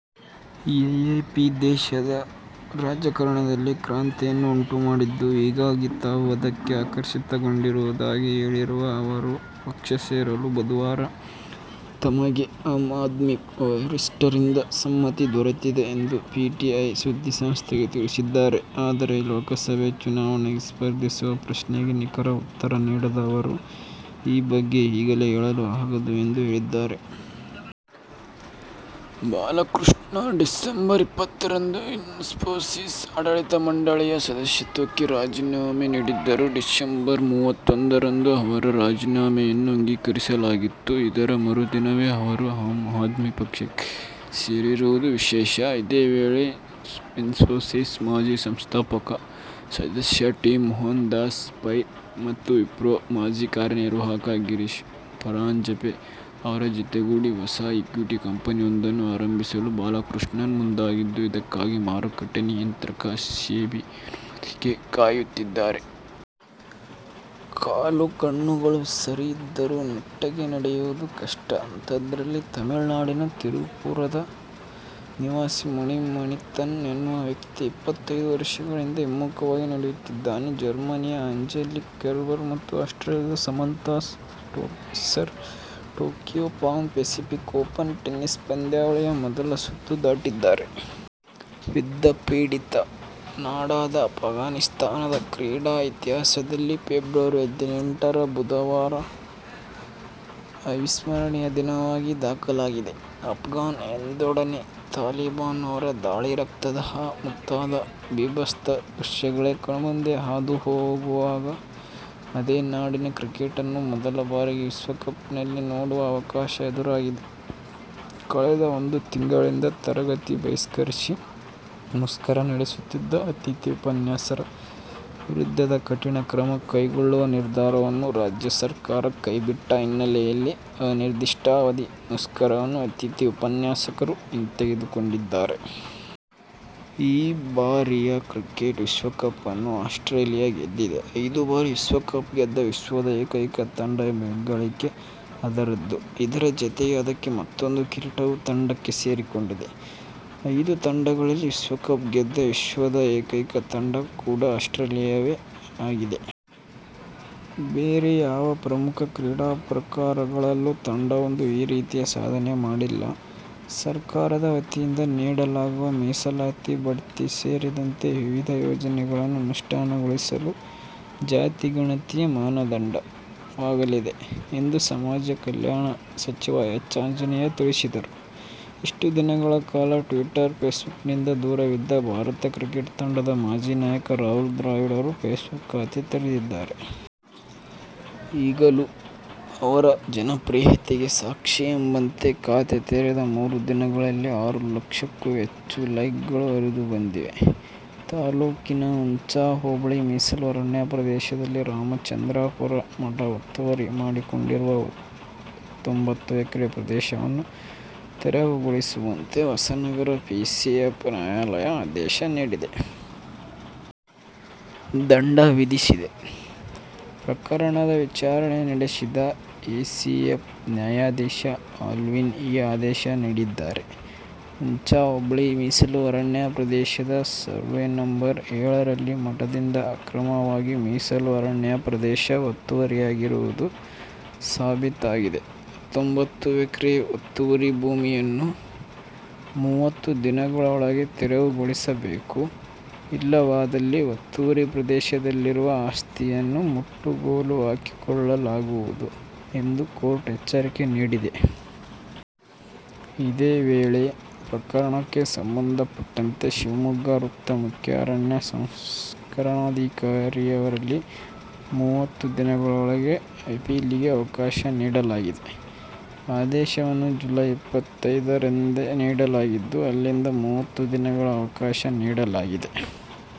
AAP ದೇಶದ ರಾಜಕಾರಣದಲ್ಲಿ ಕ್ರಾಂತಿಯನ್ನು ಉಂಟು ಮಾಡಿದ್ದು, ಹೀಗಾಗಿ ತಾವು ಅದಕ್ಕೆ ಆಕರ್ಷಿತಗೊಂಡಿರುವುದಾಗಿ ಹೇಳಿರುವ ಅವರು, ಪಕ್ಷ ಸೇರಲು ಬುಧವಾರ ತಮಗೆ ಆಮ್ ಆದ್ಮಿ ವರಿಷ್ಠರಿಂದ ಸಮ್ಮತಿ ದೊರೆತಿದೆ ಎಂದು ಪಿಟಿಐ ಸುದ್ದಿಸಂಸ್ಥೆಗೆ ತಿಳಿಸಿದ್ದಾರೆ. ಆದರೆ ಲೋಕಸಭೆ ಚುನಾವಣೆಗೆ ಸ್ಪರ್ಧಿಸುವ ಪ್ರಶ್ನೆಗೆ ನಿಖರ ಉತ್ತರ ನೀಡದ ಅವರು, ''ಈ ಬಗ್ಗೆ ಈಗಲೇ ಹೇಳಲು ಆಗದು'' ಎಂದು ಹೇಳಿದ್ದಾರೆ. ಬಾಲಕೃಷ್ಣನ್ ಡಿಸಂಬರ್ ಇಪ್ಪತ್ತರಂದು ಇನ್ಫೋಸಿಸ್ ಆಡಳಿತ ಮಂಡಳಿಯ ಸದಸ್ಯತ್ವಕ್ಕೆ ರಾಜೀನಾಮೆ ನೀಡಿದ್ದರು. ಡಿಸಂಬರ್ ಮೂವತ್ತೊಂದರಂದು ಅವರ ರಾಜೀನಾಮೆಯನ್ನು ಅಂಗೀಕರಿಸಲಾಗಿತ್ತು. ಇದರ ಮರುದಿನವೇ ಅವರು ಆಮ್ ಆದ್ಮಿ ಪಕ್ಷಕ್ಕೆ ಸೇರಿರುವುದು ವಿಶೇಷ. ಇದೇ ವೇಳೆ, ಇನ್ಫೋಸಿಸ್ ಮಾಜಿ ಸಂಸ್ಥಾಪಕ ಸದಸ್ಯ ಟಿ. ಮೋಹನದಾಸ ಪೈ ಮತ್ತು ವಿಪ್ರೋ ಮಾಜಿ ಕಾರ್ಯನಿರ್ವಾಹಕ ಗಿರೀಶ ಪರಾಂಜಪೆ ಅವರ ಜತೆಗೂಡಿ ಹೊಸ ಈಕ್ವಿಟಿ ಕಂಪನಿಯೊಂದನ್ನು ಆರಂಭಿಸಲು ಬಾಲಕೃಷ್ಣನ್ ಮುಂದಾಗಿದ್ದು, ಇದಕ್ಕಾಗಿ ಮಾರುಕಟ್ಟೆ ನಿಯಂತ್ರಕ ಸೆಬಿ ಅನುಮತಿಗೆ ಕಾಯುತ್ತಿದ್ದಾರೆ. ಕಾಲು ಕಣ್ಣುಗಳು ಸರಿ ಇದ್ದರೂ ನೆಟ್ಟಗೆ ನಡೆಯೋದು ಕಷ್ಟ. ಅಂಥದ್ರಲ್ಲಿ ತಮಿಳುನಾಡಿನ ತಿರುಪುರದ ನಿವಾಸಿ ಮಣಿ ಮಣಿಥನ್ ಎನ್ನುವ ವ್ಯಕ್ತಿ ಇಪ್ಪತ್ತೈದು ವರ್ಷಗಳಿಂದ ಹಿಮ್ಮುಖವಾಗಿ ನಡೆಯುತ್ತಿದ್ದಾನೆ. ಜರ್ಮನಿಯ ಆ್ಯಂಜೆಲಿಕ್ ಕೆರ್ಬರ್ ಮತ್ತು ಆಸ್ಟ್ರೇಲಿಯದ Samantha Stosur "Tokyo Pan Pacific Open' tennis ಪಂದ್ಯಾವಳಿಯ ಮೊದಲ ಸುತ್ತು ದಾಟಿದ್ದಾರೆ. ಯುದ್ಧಪೀಡಿತ ನಾಡಾದ ಅಫ್ಘಾನಿಸ್ಥಾನದ ಕ್ರೀಡಾ ಇತಿಹಾಸದಲ್ಲಿ ಫೆಬ್ರವರಿ ಹದಿನೆಂಟರ ಬುಧವಾರ ಅವಿಸ್ಮರಣೀಯ ದಿನವಾಗಿ ದಾಖಲಾಗಲಿದೆ. ಅಫ್ಘಾನ್ ಎಂದೊಡನೆ ತಾಲಿಬಾನ್, ಅವರ ದಾಳಿ, ರಕ್ತದಾಹ ಮುಂತಾದ ಭೀಭತ್ಸ ದೃಶ್ಯಗಳೇ ಕಣ್ಮುಂದೆ ಹಾದು ಹೋಗುವಾಗ, ಅದೇ ನಾಡಿನ ಕ್ರಿಕೆಟನ್ನು ಮೊದಲ ಬಾರಿಗೆ ವಿಶ್ವಕಪ್ನಲ್ಲಿ ನೋಡುವ ಅವಕಾಶ ಎದುರಾಗಿದೆ. ಕಳೆದ ಒಂದು ತಿಂಗಳಿಂದ ತರಗತಿ ಬಹಿಷ್ಕರಿಸಿ ಮುಷ್ಕರ ನಡೆಸುತ್ತಿದ್ದ ಅತಿಥಿ ಉಪನ್ಯಾಸರ ವಿರುದ್ಧದ ಕಠಿಣ ಕ್ರಮ ಕೈಗೊಳ್ಳುವ ನಿರ್ಧಾರವನ್ನು ರಾಜ್ಯ ಸರ್ಕಾರ ಕೈ ಬಿಟ್ಟ ಹಿನ್ನೆಲೆಯಲ್ಲಿ ಅನಿರ್ದಿಷ್ಟಾವಧಿ ಮುಷ್ಕರವನ್ನು ಅತಿಥಿ ಉಪನ್ಯಾಸಕರು ಹಿಂತೆಗೆದುಕೊಂಡಿದ್ದಾರೆ. ಈ ಬಾರಿಯ ಕ್ರಿಕೆಟ್ ವಿಶ್ವಕಪ್ ಅನ್ನು ಆಸ್ಟ್ರೇಲಿಯ ಗೆದ್ದಿದೆ. ಐದು ಬಾರಿ ವಿಶ್ವಕಪ್ ಗೆದ್ದ ವಿಶ್ವದ ಏಕೈಕ ತಂಡ ಎಂಬ ಹೆಗ್ಗಳಿಕೆ ಅದರದ್ದು. ಇದರ ಜತೆಗೆ ಅದಕ್ಕೆ ಮತ್ತೂಂದು ಕಿರೀಟವೂ ತಂಡಕ್ಕೆ ಸೇರಿಕೊಂಡಿದೆ. ಐದು ಖಂಡಗಳಲ್ಲಿ ವಿಶ್ವಕಪ್ ಗೆದ್ದ ವಿಶ್ವದ ಏಕೈಕ ತಂಡ ಕೂಡ ಆಸ್ಟ್ರೇಲಿಯವೇ ಆಗಿದೆ. ಬೇರೆ ಯಾವ ಪ್ರಮುಖ ಕ್ರೀಡಾ ಪ್ರಕಾರಗಳಲ್ಲೂ ತಂಡವೊಂದು ಈ ರೀತಿಯ ಸಾಧನೆ ಮಾಡಿಲ್ಲ. ಸರ್ಕಾರದ ವತಿಯಿಂದ ನೀಡಲಾಗುವ ಮೀಸಲಾತಿ, ಬಡ್ತಿ ಸೇರಿದಂತೆ ವಿವಿಧ ಯೋಜನೆಗಳನ್ನು ಅನುಷ್ಠಾನಗೊಳಿಸಲು ಜಾತಿ ಗಣತಿಯೇ ಮಾನದಂಡ ವಾಗಲಿದೆ ಎಂದು ಸಮಾಜ ಕಲ್ಯಾಣ ಸಚಿವ ಎಚ್. ಆಂಜನೇಯ ತಿಳಿಸಿದರು. ಇಷ್ಟು ದಿನಗಳ ಕಾಲ ಟ್ವೀಟರ್, ಫೇಸ್ಬುಕ್ನಿಂದ ದೂರವಿದ್ದ ಭಾರತ ಕ್ರಿಕೆಟ್ ತಂಡದ ಮಾಜಿ ನಾಯಕ ರಾಹುಲ್ ದ್ರಾವಿಡ್ ಅವರು ಫೇಸ್ ಬುಕ್ ಖಾತೆ ತೆರೆದಿದ್ದಾರೆ. ಈಗಲೂ ಅವರ ಜನಪ್ರಿಯತೆಗೆ ಸಾಕ್ಷಿ ಎಂಬಂತೆ ಖಾತೆ ತೆರದ ಮೂರು ದಿನಗಳಲ್ಲೆ ಆರು ಲಕ್ಷಕ್ಕೂ ಹೆಚ್ಚು ಲೈಕ್ಗಳು ಹರಿದು ಬಂದಿವೆ. ತಾಲೂಕಿನ ಹುಂಚಾ ಹೋಬಳಿ ಮೀಸಲು ಅರಣ್ಯ ಪ್ರದೇಶದಲ್ಲಿ ರಾಮಚಂದ್ರಾಪುರ ಮಠ ಒತ್ತುವರಿ ಮಾಡಿಕೊಂಡಿರುವ ಹತ್ತೊಂಬತ್ತು ಎಕರೆ ಪ್ರದೇಶವನ್ನು ತೆರವುಗೊಳಿಸುವಂತೆ ಹೊಸನಗರ ಎಸಿಎಫ್ ನ್ಯಾಯಾಲಯ ಆದೇಶ ನೀಡಿದೆ. ದಂಡ ವಿಧಿಸಿದೆ. ಪ್ರಕರಣದ ವಿಚಾರಣೆ ನಡೆಸಿದ ಎಸಿಎಫ್ ನ್ಯಾಯಾಧೀಶ ಆಲ್ವಿನ್ ಈ ಆದೇಶ ನೀಡಿದ್ದಾರೆ. ಹುಂಚಾ ಹೋಬಳಿ ಮೀಸಲು ಅರಣ್ಯ ಪ್ರದೇಶದ ಸರ್ವೇ ನಂ.ಏಳರಲ್ಲಿ ಮಠದಿಂದ ಅಕ್ರಮವಾಗಿ ಮೀಸಲು ಅರಣ್ಯ ಪ್ರದೇಶ ಒತ್ತುವರಿಯಾಗಿರುವುದು ಸಾಬೀತಾಗಿದೆ. ಹತ್ತೊಂಬತ್ತು ಎಕರೆ ಒತ್ತುವರಿ ಭೂಮಿಯನ್ನು ಮೂವತ್ತು ದಿನಗಳೊಳಗೆ ತೆರವುಗೊಳಿಸಬೇಕು. ಇಲ್ಲವಾದಲ್ಲಿ ಒತ್ತುವರಿ ಪ್ರದೇಶದಲ್ಲಿರುವ ಆಸ್ತಿಯನ್ನು ಮುಟ್ಟುಗೋಲು ಹಾಕಿಕೊಳ್ಳಲಾಗುವುದು ಎಂದು ಕೋರ್ಟ್ ಎಚ್ಚರಿಕೆ ನೀಡಿದೆ. ಇದೇ ವೇಳೆ, ಪ್ರಕರಣಕ್ಕೆ ಸಂಬಂಧಪಟ್ಟಂತೆ ಶಿವಮೊಗ್ಗ ವೃತ್ತ ಮುಖ್ಯ ಅರಣ್ಯ ಸಂರಕ್ಷಣಾಧಿಕಾರಿಯವರಲ್ಲಿ ಮೂವತ್ತು ದಿನಗಳೊಳಗೆ ಅಪೀಲಿಗೆ ಅವಕಾಶ ನೀಡಲಾಗಿದೆ. ಆದೇಶವನ್ನು ಜುಲೈ ಇಪ್ಪತ್ತೈದರಂದೇ ನೀಡ ಲಾಗಿದ್ದು, ಅಲ್ಲಿಂದ ಮೂವತ್ತು ದಿನಗಳ ಅವಕಾಶ ನೀಡಲಾಗಿದೆ.